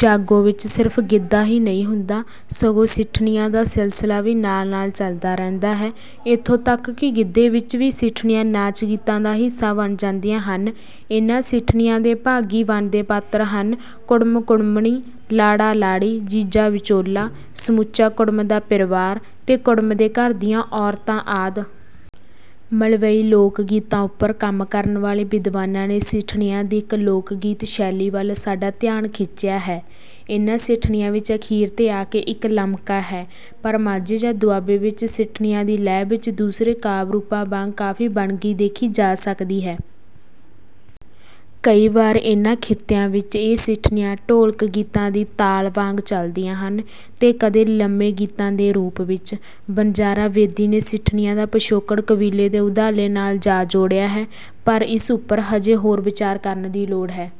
ਜਾਗੋ ਵਿਚ ਸਿਰਫ਼ ਗਿੱਧਾ ਹੀ ਨਹੀਂ ਹੁੰਦਾ ਸਗੋ ਸਿੱਠਣੀਆਂ ਦਾ ਸਿਲਸਲਾ ਵੀ ਨਾਲ ਨਾਲ ਚਲਦਾ ਰਹਿੰਦਾ ਹੈ। ਇਥੋ ਤੱਕ ਕਿ ਗਿੱਧੇ ਵਿਚ ਵੀ ਸਿੱਠਣੀਆਂ ਨਾਚ ਗੀਤਾਂ ਦਾ ਹਿੱਸਾ ਬਣ ਜਾਂਦੀਆਂ ਹਨ। ਇੰਨ੍ਹਾਂ ਸਿੱਠਣੀਆਂ ਦੇ ਭਾਗੀ ਬਣਦੇ ਪਾਤਰ ਹਨ-ਕੁੜਮ-ਕੁੜਮਣੀ, ਲਾੜਾ-ਲਾੜੀ, ਜੀਜਾ, ਵਿਚੋਲਾ, ਸਮੁੱਚਾ ਕੁੜਮ ਦਾ ਪਰਿਵਾਰ ਤੇ ਕੁੜਮ ਦੇ ਘਰ ਦੀਆਂ ਔਰਤਾਂ ਆਦਿ। ਮਲਵਈ ਲੋਕਗੀਤਾਂ ਉੱਪਰ ਕੰਮ ਕਰਨ ਵਾਲੇ ਵਿਦਵਾਨਾਂ ਨੇ ਸਿੱਠਣੀਆਂ ਦੀ ਇਕ ਗੀਤ ਸ਼ੈਲੀ ਵੱਲ ਸਾਡਾ ਧਿਆਨ ਖਿੱਚਿਆ ਹੈ। ਇੰਨਾਂ ਸਿੱਠਣੀਆਂ ਵਿਚ ਅਖੀਰ ਤੇ ਆਕੇ ਇਕ ਲਮਕਾ ਹੈ ਪਰ ਮਾਝੇ ਜਾਂ ਦੁਆਬੇ ਵਿਚ ਸਿੱਠਣੀਆਂ ਦੀ ਲੈਅ ਵਿਚ ਦੂਸਰੇ ਕਾਵਿ ਰੂਪਾਂ ਵਾਂਗ ਕਾਫ਼ੀ ਵੰਨਗੀ ਦੇਖੀ ਜਾ ਸਕਦੀ ਹੈ। ਕਈ ਵਾਰ ਇਨ੍ਹਾਂ ਖਿੱਤਿਆਂ ਵਿਚ ਇਹ ਸਿੱਠਣੀਆਂ ਢੋਲਕ ਗੀਤਾਂ ਦੀ ਤਾਲ ਵਾਂਗ ਚਲਦੀਆਂ ਹਨ ਤੇ ਕਦੇ ਲੰਮੇ ਗੀਤਾਂ ਦੇ ਰੂਪ ਵਿਚ। ਵਣਜਾਰਾ ਬੇਦੀ ਨੇ ਸਿੱਠਣੀਆਂ ਦਾ ਪਿਛੋਕੜ ਕਬੀਲੇ ਦੇ ਉਧਾਲੇ ਨਾਲ ਜਾ ਜੋੜਿਆ ਹੈ ਪਰ ਇਸ ਉੱਪਰ ਅਜੇ ਹੋਰ ਵਿਚਾਰ ਕਰਨ ਦੀ ਲੋੜ ਹੈ।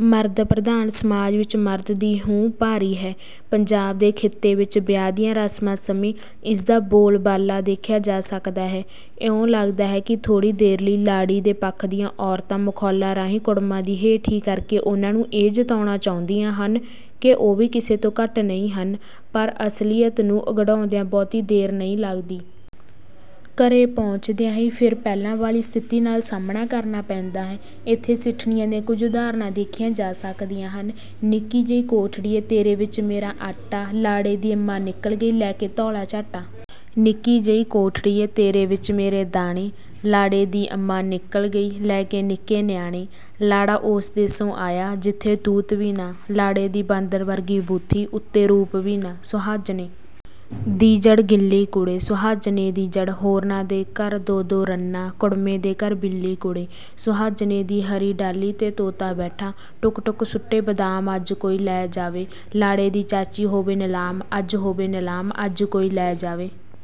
ਮਰਦ ਪ੍ਰਧਾਨ ਸਮਾਜ ਵਿਚ ਮਰਦ ਦੀ ਹਉਂ ਭਾਰੂ ਹੈ। ਪੰਜਾਬ ਦੇ ਖਿੱਤੇ ਵਿਚ ਵਿਆਹ ਦੀਆਂ ਰਸਮਾਂ ਸਮੇਂ ਇਸ ਦਾ ਬੋਲਬਾਲਾ ਦੇਖਿਆ ਜਾ ਸਕਦਾ ਹੈ। ਇਉਂ ਲਗਦਾ ਹੈ ਕਿ ਥੋੜ੍ਹੀ ਦੇਰ ਲਈ ਲਾੜੀ ਦੇ ਪੱਖ ਦੀਆਂ ਔਰਤਾਂ ਮਖੌਲਾਂ ਰਾਹੀ ਕੁੜਮਾਂ ਦੀ ਹੇਠੀ ਕਰਕੇ ਉਨ੍ਹਾਂ ਨੂੰ ਇਹ ਜਤਾਉਣਾ ਚਾਹੁੰਦੀਆਂ ਹਨ ਕਿ ਉਹ ਵੀ ਕਿਸੇ ਤੋਂ ਘੱਟ ਨਹੀਂ ਹਨ ਪਰ ਅਸਲੀਅਤ ਨੂੰ ਉਘੜਦਿਆਂ ਬਹੁਤੀ ਦੇਰ ਨਹੀਂ ਲੱਗਦੀ। ਘਰੇ ਪਹੁੰਚਦਿਆਂ ਹੀ ਫੇਰ ਪਹਿਲਾਂ ਵਾਲ਼ੀ ਸਥਿਤੀ ਨਾਲ਼ ਸਾਹਮਣਾ ਕਰਨਾ ਪੈਂਦਾ ਹੈ। ਇਥੇ ਸਿੱਠਣੀਆਂ ਦੀਆਂ ਕੁਝ ਉਦਾਹਰਣਾਂ ਵੇਖੀਆਂ ਜਾ ਸਕਦੀਆਂ ਹਨ। -ਨਿੱਕੀ ਜਿਹੀ ਕੋਠੜੀਏ ਤੇਰੇ ਵਿਚ ਮੇਰਾ ਆਟਾ… ਲਾੜੇ ਦੀ ਅੰਮਾਂ ਨਿਕਲ਼ ਗਈਉ ਲੈ ਕੇ ਧੋਲ਼ਾ ਝਾਟਾ। ਨਿੱਕੀ ਜਿਹੀ ਕੋਠੜੀਏ ਤੇਰੇ ਵਿਚ ਮੇਰੇ ਦਾਣੇ… ਲਾੜੇ ਦੀ ਅੰਮਾਂ ਨਿਕਲ਼ ਗਈ ਲੈ ਕੇ ਨਿੱਕੇ ਨਿਆਣੇ। -ਲਾੜਾ ਓਸ ਦੇਸੋਂ ਆਇਆ ਜਿੱਥੇ ਤੂਤ ਵੀ ਨਾ, ਲਾੜੇ ਦੀ ਬਾਂਦਰ ਵਰਗੀ ਬੂਥੀ ਉਤੇ ਰੂਪ ਵੀ ਨਾ। -ਸੁਆਂਝਣੇ ਦੀ ਜੜ੍ਹ ਗਿੱਲੀ ਕੁੜੇ, ਸਆਂਝਣੇ ਦੀ ਜੜ੍ਹ… ਹੋਰਨਾਂ ਦੇ ਘਰ ਦੋ ਦੋ ਰੰਨਾਂ, ਕੁੜਮੇ ਦੇ ਘਰ ਬਿੱਲੀ ਕੁੜੇ, ਸੁਆਂਝਣੇ ਦੀ-ਹਰੀ ਡਾਲ੍ਹੀ ਤੇ ਤੋਤਾ ਬੈਠਾ, ਟੁੱਕ ਟੁੱਕ ਸੁੱਟੇ ਬਾਦਾਮਅੱਜ ਕੋਈ ਲੈ ਜਾਵੇ ਲਾੜੇ ਦੀ ਚਾਚੀ ਹੋਵੇ ਨਿਲਾਮ ਅੱਜ ਹੋਵੇ ਨਿਲਾਮ ਅੱਜ ਕੋਈ ਲੈ ਜਾਵੇ।